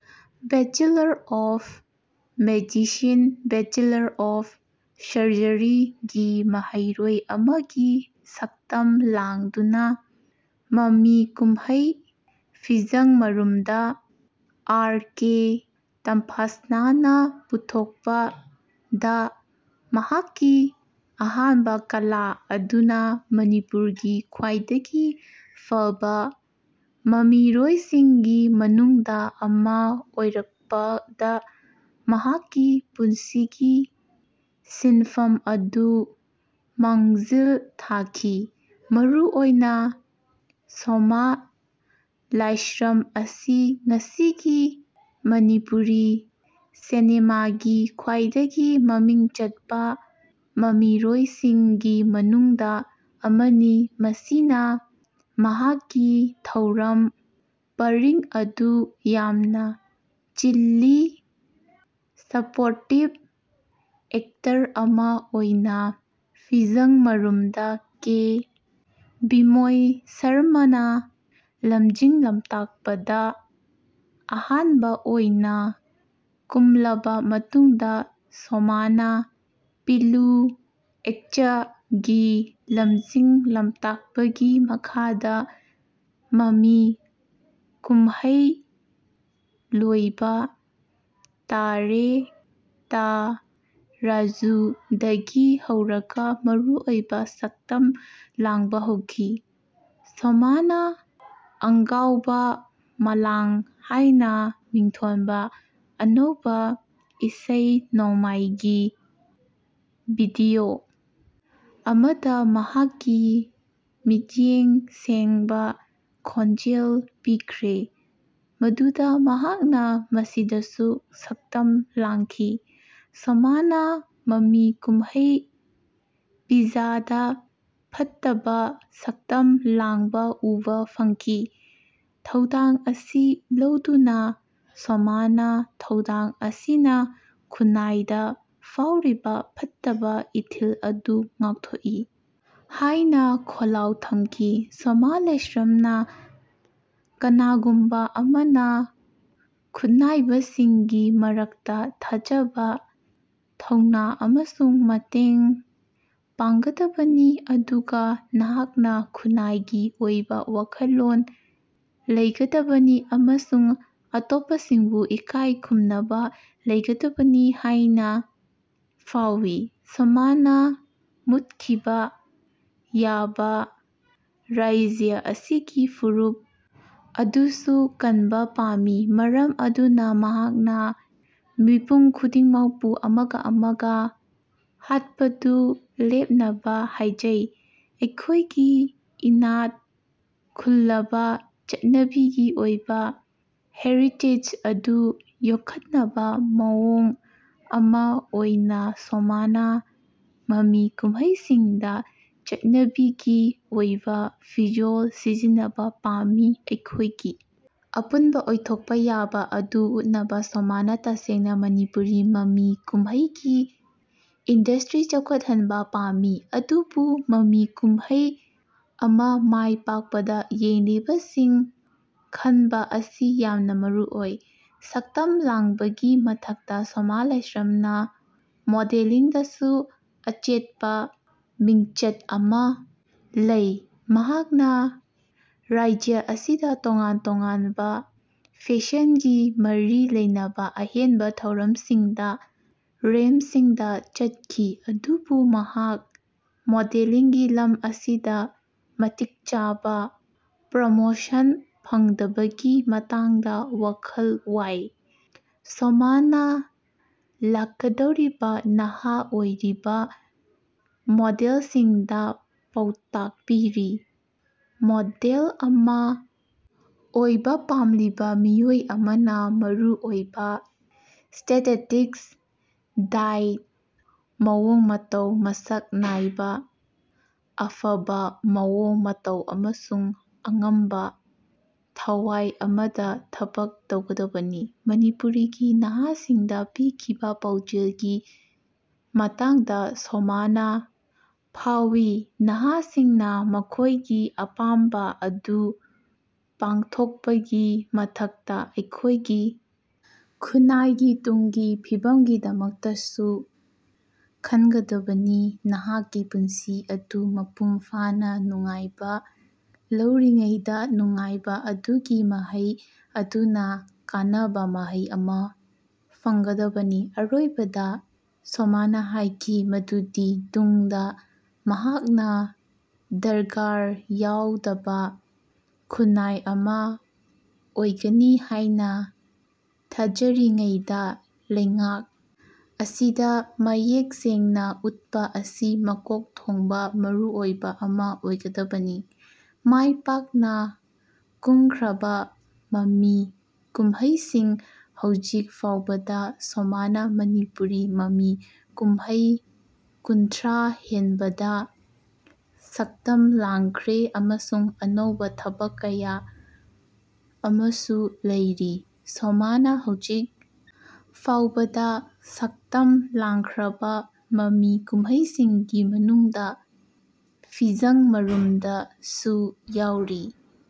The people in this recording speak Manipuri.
Bachelor of medicine, bachelor of surgery ꯀꯤ ꯃꯍꯩꯔꯣꯏ ꯑꯃꯒꯤ ꯁꯛꯇꯝ ꯂꯥꯡꯗꯨꯅ ꯃꯃꯤ ꯀꯨꯝꯍꯩ 'ꯐꯤꯖꯡ ꯃꯔꯨꯝꯗꯥ' (ꯑꯥꯔ. ꯀꯦ. ꯇꯝꯐꯥꯁꯅꯥꯅ ꯄꯨꯊꯣꯛꯄ)ꯗ ꯃꯍꯥꯛꯀꯤ ꯑꯍꯥꯟꯕ ꯀꯂꯥ ꯑꯗꯨꯅ ꯃꯅꯤꯄꯨꯔꯒꯤ ꯈ꯭ꯋꯥꯏꯗꯒꯤ ꯐꯕ ꯃꯃꯤꯔꯣꯏꯁꯤꯡꯒꯤ ꯃꯅꯨꯡꯗ ꯑꯃ ꯑꯣꯏꯔꯛꯄꯗ ꯃꯍꯥꯛꯀꯤ ꯄꯨꯟꯁꯤꯒꯤ ꯁꯤꯟꯐꯝ ꯑꯗꯨ ꯃꯥꯡꯖꯤꯜ ꯊꯥꯈꯤ꯫ ꯃꯔꯨꯑꯣꯏꯅ ꯁꯣꯃꯥ ꯂꯥꯏꯁ꯭ꯔꯝ ꯑꯁꯤ ꯉꯁꯤꯒꯤ ꯃꯅꯤꯄꯨꯔꯤ ꯁꯤꯅꯦꯃꯥꯒꯤ ꯈ꯭ꯋꯥꯏꯗꯒꯤ ꯃꯃꯤꯡ ꯆꯠꯄ ꯃꯃꯤꯔꯣꯏꯁꯤꯡꯒꯤ ꯃꯅꯨꯡꯗ ꯑꯃꯅꯤ ꯃꯁꯤꯅ ꯃꯍꯥꯛꯀꯤ ꯊꯧꯔꯝ ꯄꯔꯤꯡ ꯑꯗꯨ ꯌꯥꯝꯅ ꯆꯤꯜꯂꯤ꯫ ꯁꯄꯣꯔꯇꯤꯡ ꯑꯦꯛꯇꯔ ꯑꯃ ꯑꯣꯏꯅ 'ꯐꯤꯖꯥꯡ ꯃꯔꯨꯝꯗꯥ' (ꯀꯦ. ꯕꯤꯃꯣꯜ ꯁꯔꯃꯥꯅ ꯂꯝꯖꯤꯡ-ꯂꯝꯇꯥꯛꯄ)ꯗ ꯑꯍꯥꯟꯕ ꯑꯣꯏꯅ ꯀꯨꯝꯂꯕ ꯃꯇꯨꯡꯗ ꯁꯣꯃꯥꯅ ꯄꯤꯂꯨ ꯑꯦꯆ. ꯒꯤ ꯂꯝꯖꯤꯡ-ꯂꯝꯇꯥꯛꯄꯒꯤ ꯃꯈꯥꯗ ꯃꯃꯤ ꯀꯨꯝꯍꯩ 'ꯂꯣꯏꯕꯥ ꯇꯥꯔꯦ ꯇꯥ ꯔꯥꯖꯨ' ꯗꯒꯤ ꯍꯧꯔꯒ ꯃꯔꯨꯑꯣꯏꯕ ꯁꯛꯇꯝ ꯂꯥꯡꯕ ꯍꯧꯈꯤ꯫ ꯁꯣꯃꯥꯅ 'ꯑꯪꯒꯥꯎꯕꯥ ꯃꯥꯂꯡ' ꯍꯥꯏꯅ ꯃꯤꯡꯊꯣꯟꯕ ꯑꯅꯧꯕ ꯏꯁꯩ-ꯅꯣꯡꯃꯥꯏꯒꯤ ꯚꯤꯗꯤꯑꯣ ꯑꯃꯗ ꯃꯍꯥꯛꯀꯤ ꯃꯌꯦꯛ ꯁꯦꯡꯕ ꯈꯣꯟꯖꯦꯜ ꯄꯤꯈ꯭ꯔꯦ ꯃꯗꯨꯗ ꯃꯍꯥꯛꯅ ꯃꯁꯤꯗꯁꯨ ꯁꯛꯇꯝ ꯂꯥꯡꯈꯤ꯫ ꯁꯣꯃꯥꯅ ꯃꯃꯤ ꯀꯨꯝꯍꯩ 'ꯄꯤꯠꯖꯥ' ꯗ ꯐꯠꯇꯕ ꯁꯛꯇꯝ ꯂꯥꯡꯕ ꯎꯕ ꯐꯪꯈꯤ꯫ ꯊꯧꯗꯥꯡ ꯑꯁꯤ ꯂꯧꯗꯨꯅ ꯁꯣꯃꯥꯅ ꯊꯧꯗꯥꯡ ꯑꯁꯤꯅ ꯈꯨꯟꯅꯥꯏꯗ ꯐꯥꯎꯔꯤꯕ ꯐꯠꯇꯕ ꯏꯊꯤꯜ ꯑꯗꯨ ꯉꯥꯛꯊꯣꯛꯏ ꯍꯥꯏꯅ ꯋꯥꯈꯜꯂꯣꯟ ꯊꯝꯈꯤ꯫ ꯁꯣꯃꯥ ꯂꯥꯏꯁ꯭ꯔꯥꯝꯅ ꯀꯅꯥꯒꯨꯝꯕ ꯑꯃꯅ ꯈꯨꯠꯅꯥꯏꯕꯁꯤꯡꯒꯤ ꯃꯔꯛꯇ ꯊꯥꯖꯕ, ꯊꯧꯅꯥ ꯑꯃꯁꯨꯡ ꯃꯇꯦꯡ ꯄꯥꯡꯒꯗꯕꯅꯤ ꯑꯗꯨꯒ ꯃꯍꯥꯛꯅ ꯈꯨꯟꯅꯥꯏꯒꯤ ꯑꯣꯏꯕ ꯋꯥꯈꯜꯂꯣꯟ ꯂꯩꯒꯗꯕꯅꯤ ꯑꯃꯁꯨꯡ ꯑꯇꯣꯞꯄꯁꯤꯡꯕꯨ ꯏꯀꯥꯏ ꯈꯨꯝꯅꯕ ꯂꯩꯒꯗꯕꯅꯤ ꯍꯥꯏꯅ ꯐꯥꯎꯏ꯫ ꯁꯣꯃꯥꯅ ꯃꯨꯠꯈꯤꯕ ꯌꯥꯕ ꯔꯥꯖ꯭ꯌ ꯑꯁꯤꯒꯤ ꯐꯨꯔꯨꯞ ꯑꯗꯨꯁꯨ ꯀꯟꯕ ꯄꯥꯝꯃꯤ꯫ ꯃꯔꯝ ꯑꯗꯨꯅ ꯃꯍꯥꯛꯅ ꯃꯤꯄꯨꯝ ꯈꯨꯗꯤꯡꯃꯛꯄꯨ ꯑꯃꯒ ꯑꯃꯒ ꯍꯥꯠꯄꯗꯨ ꯂꯦꯞꯅꯕ ꯍꯥꯏꯖꯩ꯫ ꯑꯩꯈꯣꯏꯒꯤ ꯏꯅꯥꯛ ꯈꯨꯜꯂꯕ ꯆꯠꯅꯕꯤꯒꯤ ꯑꯣꯏꯕ ꯍꯦꯔꯤꯇꯦꯖ ꯑꯗꯨ ꯌꯣꯛꯈꯠꯅꯕ ꯃꯑꯣꯡ ꯑꯃ ꯑꯣꯏꯅ ꯁꯣꯃꯥꯅ ꯃꯃꯤ ꯀꯨꯝꯍꯩꯁꯤꯡꯗ ꯆꯠꯅꯕꯤꯒꯤ ꯑꯣꯏꯕ ꯐꯤꯖꯣꯜ ꯁꯤꯖꯤꯟꯅꯕ ꯄꯥꯝꯃꯤ꯫ ꯑꯩꯈꯣꯏꯒꯤ ꯑꯄꯨꯟꯕ ꯑꯣꯏꯊꯣꯛꯄ ꯌꯥꯕ ꯑꯗꯨ ꯎꯠꯅꯕ ꯁꯣꯃꯥꯅ ꯇꯁꯦꯡꯅ ꯃꯅꯤꯄꯨꯔꯤ ꯃꯃꯤ ꯀꯨꯝꯍꯩꯒꯤ ꯏꯟꯗꯁꯇ꯭ꯔꯤ ꯆꯥꯎꯈꯠꯍꯟꯕ ꯄꯥꯝꯃꯤ꯫ ꯑꯗꯨꯕꯨ ꯃꯃꯤ ꯀꯨꯝꯍꯩ ꯑꯃ ꯃꯥꯏ ꯄꯥꯛꯄꯗ ꯌꯦꯡꯂꯤꯕꯁꯤꯡ ꯈꯟꯕ ꯑꯁꯤ ꯌꯥꯝꯅ ꯃꯔꯨꯑꯣꯏ꯫ ꯁꯛꯇꯝ ꯂꯥꯡꯕꯒꯤ ꯃꯊꯛꯇ ꯁꯣꯃꯥ ꯂꯥꯏꯁ꯭ꯔꯝꯅ ꯃꯣꯗꯦꯂꯤꯡꯗꯁꯨ ꯑꯆꯦꯠꯄ ꯃꯤꯡꯆꯠ ꯑꯃ ꯂꯩ꯫ ꯃꯍꯥꯛꯅ ꯔꯥꯖ꯭ꯌ ꯑꯁꯤꯗ ꯇꯣꯉꯥꯟ-ꯇꯣꯉꯥꯟꯕ ꯐꯦꯁꯟꯒ ꯃꯔꯤ ꯂꯩꯅꯕ ꯑꯍꯦꯟꯕ ꯊꯧꯔꯝꯁꯤꯡꯗ ꯔꯦꯝꯞꯁꯤꯡꯗ ꯆꯠꯈꯤ꯫ ꯑꯗꯨꯕꯨ ꯃꯍꯥꯛ ꯃꯣꯗꯦꯂꯤꯡꯒꯤ ꯂꯝ ꯑꯁꯤꯗ ꯃꯇꯤꯛ ꯆꯥꯕ ꯄ꯭ꯔꯣꯃꯣꯁꯟ ꯐꯪꯗꯕꯒꯤ ꯃꯇꯥꯡꯗ ꯋꯥꯈꯜ ꯋꯥꯏ꯫ ꯁꯣꯃꯥꯅ ꯂꯥꯛꯀꯗꯧꯔꯤꯕ ꯅꯍꯥ ꯑꯣꯏꯔꯤꯕ ꯃꯣꯗꯦꯜꯁꯤꯡꯗ ꯄꯥꯎꯇꯥꯛ ꯄꯤꯔꯤ 'ꯃꯣꯗꯦꯜ ꯑꯃ ꯑꯣꯏꯕ ꯄꯥꯝꯂꯤꯕ ꯃꯤꯑꯣꯏ ꯑꯃꯅ ꯃꯔꯨꯑꯣꯏꯕ ꯁ꯭ꯇꯦꯇꯤꯁꯇꯤꯛꯁ, ꯗꯥꯏꯠ, ꯃꯑꯣꯡ-ꯃꯇꯧ, ꯃꯁꯛ ꯅꯥꯏꯕ, ꯑꯐꯕ ꯃꯑꯣꯡ ꯃꯇꯧ ꯑꯃꯁꯨꯡ ꯑꯉꯝꯕ ꯊꯋꯥꯏ ꯑꯃꯗ ꯊꯕꯛ ꯇꯧꯒꯗꯕꯅꯤ'꯫ ꯃꯅꯤꯄꯨꯔꯒꯤ ꯅꯍꯥꯁꯤꯡꯗ ꯄꯤꯈꯤꯕ ꯄꯥꯎꯖꯦꯜꯒꯤ ꯃꯇꯥꯡꯗ ꯁꯣꯃꯥꯅ ꯐꯥꯎꯋꯤ "ꯅꯍꯥꯁꯤꯡꯅ ꯃꯈꯣꯏꯒꯤ ꯑꯄꯥꯝꯕ ꯑꯗꯨ ꯄꯥꯡꯊꯣꯛꯄꯒꯤ ꯃꯊꯛꯇ, ꯑꯩꯈꯣꯏꯒꯤ ꯈꯨꯟꯅꯥꯏꯒꯤ ꯇꯨꯡꯒꯤ ꯐꯤꯕꯝꯒꯤꯗꯃꯛꯇꯁꯨ ꯈꯟꯒꯗꯕꯅꯤ ꯅꯍꯥꯛꯀꯤ ꯄꯨꯟꯁꯤ ꯑꯗꯨ ꯃꯄꯨꯡ ꯐꯥꯅ ꯅꯨꯡꯉꯥꯏꯕ ꯂꯧꯔꯤꯉꯩꯗ, ꯅꯨꯡꯉꯥꯏꯕ ꯑꯗꯨꯒꯤ ꯃꯍꯩ ꯑꯗꯨꯅ ꯀꯥꯟꯅꯕ ꯃꯍꯩ ꯑꯃ ꯐꯪꯒꯗꯕꯅꯤ"꯫ ꯑꯔꯣꯏꯕꯗ ꯁꯣꯃꯥꯅ ꯍꯥꯏꯈꯤ ꯃꯗꯨꯗꯤ ꯇꯨꯡꯗ ꯃꯍꯥꯛꯅ ꯗ꯭ꯔꯒ ꯌꯥꯎꯗꯕ ꯈꯨꯟꯅꯥꯏ ꯑꯃ ꯑꯣꯏꯒꯅꯤ ꯍꯥꯏꯅ ꯊꯥꯖꯔꯤꯉꯩꯗ ꯂꯩꯉꯥꯛ ꯑꯁꯤꯗ ꯃꯌꯦꯛ ꯁꯦꯡꯅ ꯎꯠꯄ ꯑꯁꯤ ꯃꯀꯣꯛ ꯊꯣꯡꯕ ꯃꯔꯨꯑꯣꯏꯕ ꯑꯃ ꯑꯣꯏꯒꯗꯕꯅꯤ꯫ ꯃꯥꯏ ꯄꯥꯛꯅ ꯀꯨꯝꯈ꯭ꯔꯕ ꯃꯃꯤ ꯀꯨꯝꯍꯩꯁꯤꯡ ꯍꯧꯖꯤꯛ ꯐꯥꯎꯕꯗ ꯁꯣꯃꯥꯅ ꯃꯅꯤꯄꯨꯔꯤ ꯃꯃꯤ ꯀꯨꯝꯍꯩ ꯀꯨꯟꯊ꯭ꯔꯥ ꯍꯦꯟꯕꯗ ꯁꯛꯇꯝ ꯂꯥꯡꯈ꯭ꯔꯦ ꯑꯃꯁꯨꯡ ꯑꯅꯧꯕ ꯊꯕꯛ ꯀꯌꯥ ꯑꯃꯁꯨ ꯂꯩꯔꯤ꯫ ꯁꯣꯃꯥꯅ ꯍꯧꯖꯤꯛ ꯐꯥꯎꯕꯗ ꯁꯛꯇꯝ ꯂꯥꯡꯈ꯭ꯔꯕ ꯃꯃꯤ ꯀꯨꯝꯍꯩꯁꯤꯡꯒꯤ ꯃꯅꯨꯡꯗ "ꯐꯤꯖꯡ ꯃꯔꯨꯝꯗ" ꯁꯨ ꯌꯥꯎꯔꯤ꯫